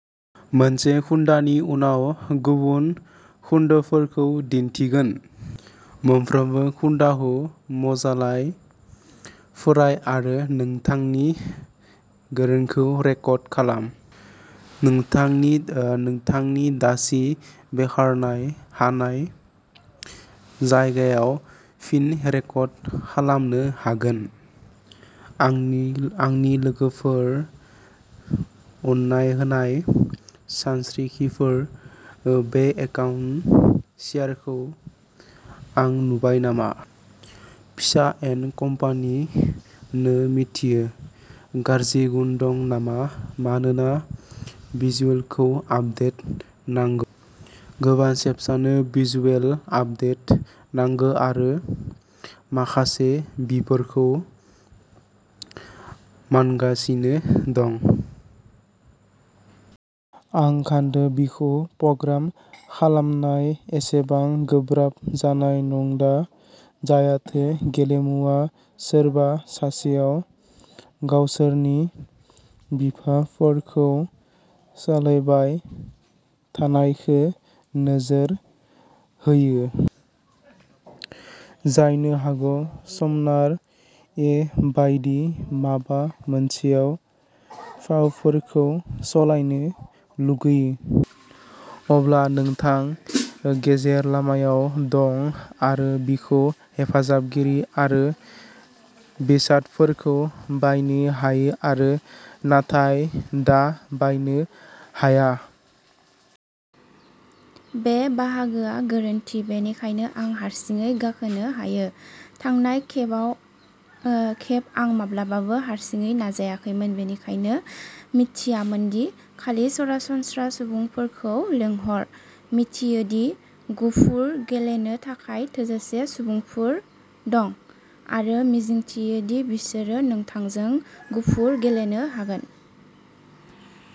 आंनि आंनि लोगोफोर अन्नाय होनाय सानरिखिफोर बे एकाउन्ट सेयारखौ आं नुबाय नामा? फिसा इन्डी कम्पानि, नों मिथियो? गाज्रि गुन दं नामा मानोना भिजुअल्सखौ आपदेट नांगौ। गोबां चेम्प्सनो भिजुअल आपदेट नांगौ आरो माखासेआ बेफोरखौ मोनगासिनो दं। आं सान्दों बेखौ प्रग्राम खालामनाय एसेबां गोब्राब जानाय नङा जाहाथे गेलेमुआ सोरबा सासेआ गावसोरनि बिफाफोरखौ सोलायबाय थानायखौ नोजोर होयो। जानो हागौ समनार ए बायदि माबा मोनसेआ फावफोरखौ सोलायनो लुगैयो। अब्ला नोंथां गेजेर लामायाव दं आरो बियो हेफाजाबगिरि आरो बेसादफोरखौ बायनो हायो आरो नोंथाङा दा बायनो हाया। बे बाहागोआ गोरोन्थि बेनिखायनो आं हारसिङै गाखोनो हायो, थांनाय खेबाव ओ खेब आं माब्लाबाबो हारसिङै नाजायाखैमोन बेनिखायनो मिथियामोन दि खालि सरासनस्रा सुबुंफोरखौ लिंहर, मिथियोदि गुफुर गेलेनो थाखाय थोजासे सुबुंफोर दं। आरो मिजिंथियो दि बिसोरो नोंथांजों गुफुर गेलेनो हागोन।